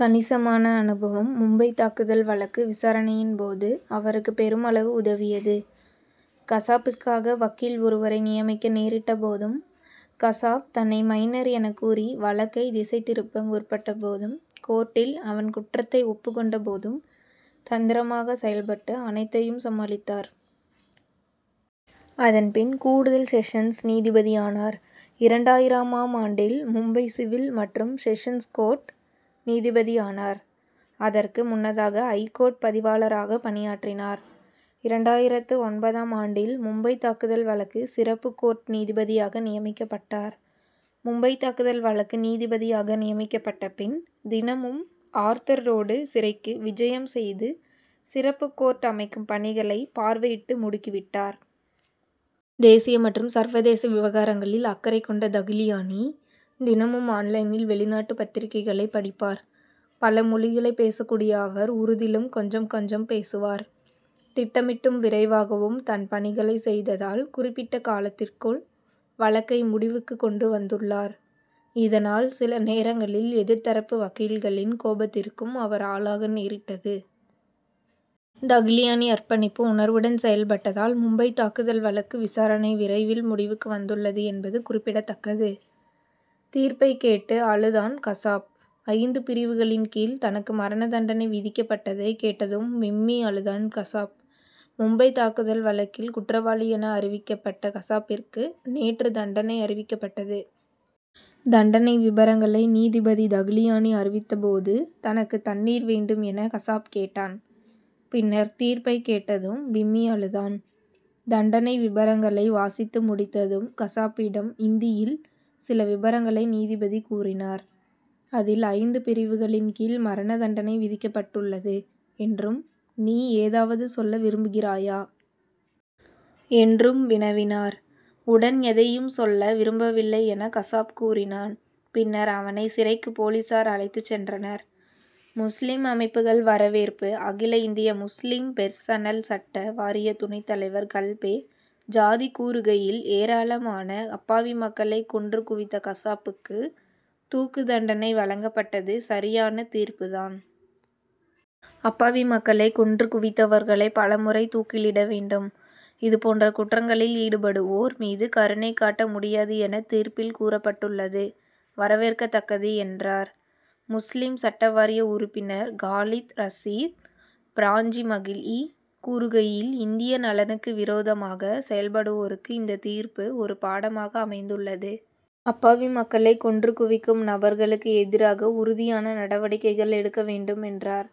கணிசமான அனுபவம் மும்பைத் தாக்குதல் வழக்கு விசாரணையின் போது அவருக்கு பெருமளவு உதவியது. கசாப்பிற்காக வக்கீல் ஒருவரை நியமிக்க நேரிட்ட போதும் கசாப் தன்னை மைனர் எனக்கூறி வழக்கை திசை திருப்ப முற்பட்ட போதும் கோர்ட்டில் அவன் குற்றத்தை ஒப்புக் கொண்ட போதும் தந்திரமாக செயல்பட்டு அனைத்தையும் சமாளித்தார். அதன்பின் கூடுதல் செஷன்ஸ் நீதிபதியானார். இரண்டாயிரமாம் ஆண்டில் மும்பை சிவில் மற்றும் செஷன்ஸ் கோர்ட் நீதிபதியானார். அதற்கு முன்னதாக ஐகோர்ட் பதிவாளராக பணியாற்றினார். இரண்டாயிரத்து ஒன்பதாம் ஆண்டில் மும்பைத் தாக்குதல் வழக்கு சிறப்பு கோர்ட் நீதிபதியாக நியமிக்கப்பட்டார். மும்பைத் தாக்குதல் வழக்கு நீதிபதியாக நியமிக்கப்பட்ட பின் தினமும் ஆர்தர் ரோடு சிறைக்கு விஜயம் செய்து சிறப்பு கோர்ட் அமைக்கும் பணிகளை பார்வையிட்டு முடுக்கி விட்டார். தேசிய மற்றும் சர்வதேச விவகாரங்களில் அக்கறை கொண்ட தகிலியானி தினமும் ஆன் லைனில் வெளிநாட்டு பத்திரிகைகளைப் படிப்பார். பல மொழிகளைப் பேசக்கூடிய அவர் உருதிலும் கொஞ்சம் கொஞ்சம் பேசுவார். திட்டமிட்டும் விரைவாகவும் தன் பணிகளைச் செய்ததால் குறிப்பிட்ட காலத்திற்குள் வழக்கை முடிவுக்கு கொண்டு வந்துள்ளார். இதனால் சில நேரங்களில் எதிர்தரப்பு வக்கீல்களின் கோபத்திற்கும் அவர் ஆளாக நேரிட்டது. தகிலியானி அர்ப்பணிப்பு உணர்வுடன் செயல்பட்டதால் மும்பைத் தாக்குதல் வழக்கு விசாரணை விரைவில் முடிவுக்கு வந்துள்ளது என்பது குறிப்பிடத்தக்கது. தீர்ப்பை கேட்டு அழுதான் கசாப் ஐந்து பிரிவுகளின் கீழ் தனக்கு மரண தண்டனை விதிக்கப்பட்டதை கேட்டதும் விம்மி அழுதான் கசாப். மும்பை தாக்குதல் வழக்கில் குற்றவாளியென அறிவிக்கப்பட்ட கசாப்பிற்கு நேற்று தண்டனை அறிவிக்கப்பட்டது. தண்டனை விபரங்களை நீதிபதி தகிலியானி அறிவித்த போது தனக்கு தண்ணீர் வேண்டும் என கசாப் கேட்டான். பின்னர் தீர்ப்பை கேட்டதும் விம்மி அழுதான். தண்டனை விபரங்களை வாசித்து முடித்ததும் கசாப்பிடம் இந்தியில் சில விபரங்களை நீதிபதி கூறினார். அதில் ஐந்து பிரிவுகளின் கீழ் மரண தண்டனை விதிக்கப்பட்டுள்ளது என்றும் நீ ஏதாவது சொல்ல விரும்புகிறாயா? என்றும் வினவினார். உடன் எதையும் சொல்ல விரும்பவில்லை என கசாப் கூறினான். பின்னர் அவனை சிறைக்கு போலீசார் அழைத்து சென்றனர். முஸ்லிம் அமைப்புகள் வரவேற்பு அகில இந்திய முஸ்லிம் பெர்சனல் சட்ட வாரிய துணை தலைவர் கல்பே சாதிக் கூறுகையில் ஏராளமான அப்பாவி மக்களை கொன்று குவித்த கசாபுக்கு தூக்கு தண்டனை வழங்கப்பட்டது சரியான தீர்ப்பு தான். அப்பாவி மக்களை கொன்று குவித்தவர்களை பல முறை தூக்கிலிட வேண்டும். இதுபோன்ற குற்றங்களில் ஈடுபடுவோர் மீது கருணை காட்ட முடியாது என தீர்ப்பில் கூறப்பட்டுள்ளது வரவேற்கத்தக்கது என்றார். முஸ்லிம் சட்ட வாரிய உறுப்பினர் காலித் ரசீத் பிராஞ்சிமகிலி கூறுகையில் இந்திய நலனுக்கு விரோதமாக செயல்படுவோருக்கு இந்த தீர்ப்பு ஒரு பாடமாக அமைந்துள்ளது. அப்பாவி மக்களை கொன்று குவிக்கும் நபர்களுக்கு எதிராக உறுதியான நடவடிக்கைகள் எடுக்க வேண்டும் என்றார்.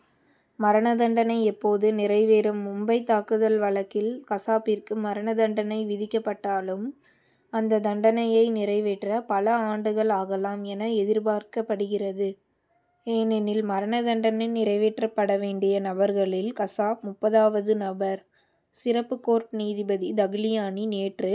மரண தண்டனை எப்போது நிறைவேறும் மும்பைத் தாக்குதல் வழக்கில் கசாப்பிற்கு மரண தண்டனை விதிக்கப்பட்டாலும் அந்த தண்டனையை நிறைவேற்ற பல ஆண்டுகள் ஆகலாம் என எதிர்பார்க்கப்படுகிறது. ஏனெனில் மரண தண்டனை நிறைவேற்றப்பட வேண்டிய நபர்களில் கசாப் முப்பதாவது நபர். சிறப்பு கோர்ட் நீதிபதி தகிலியானி நேற்று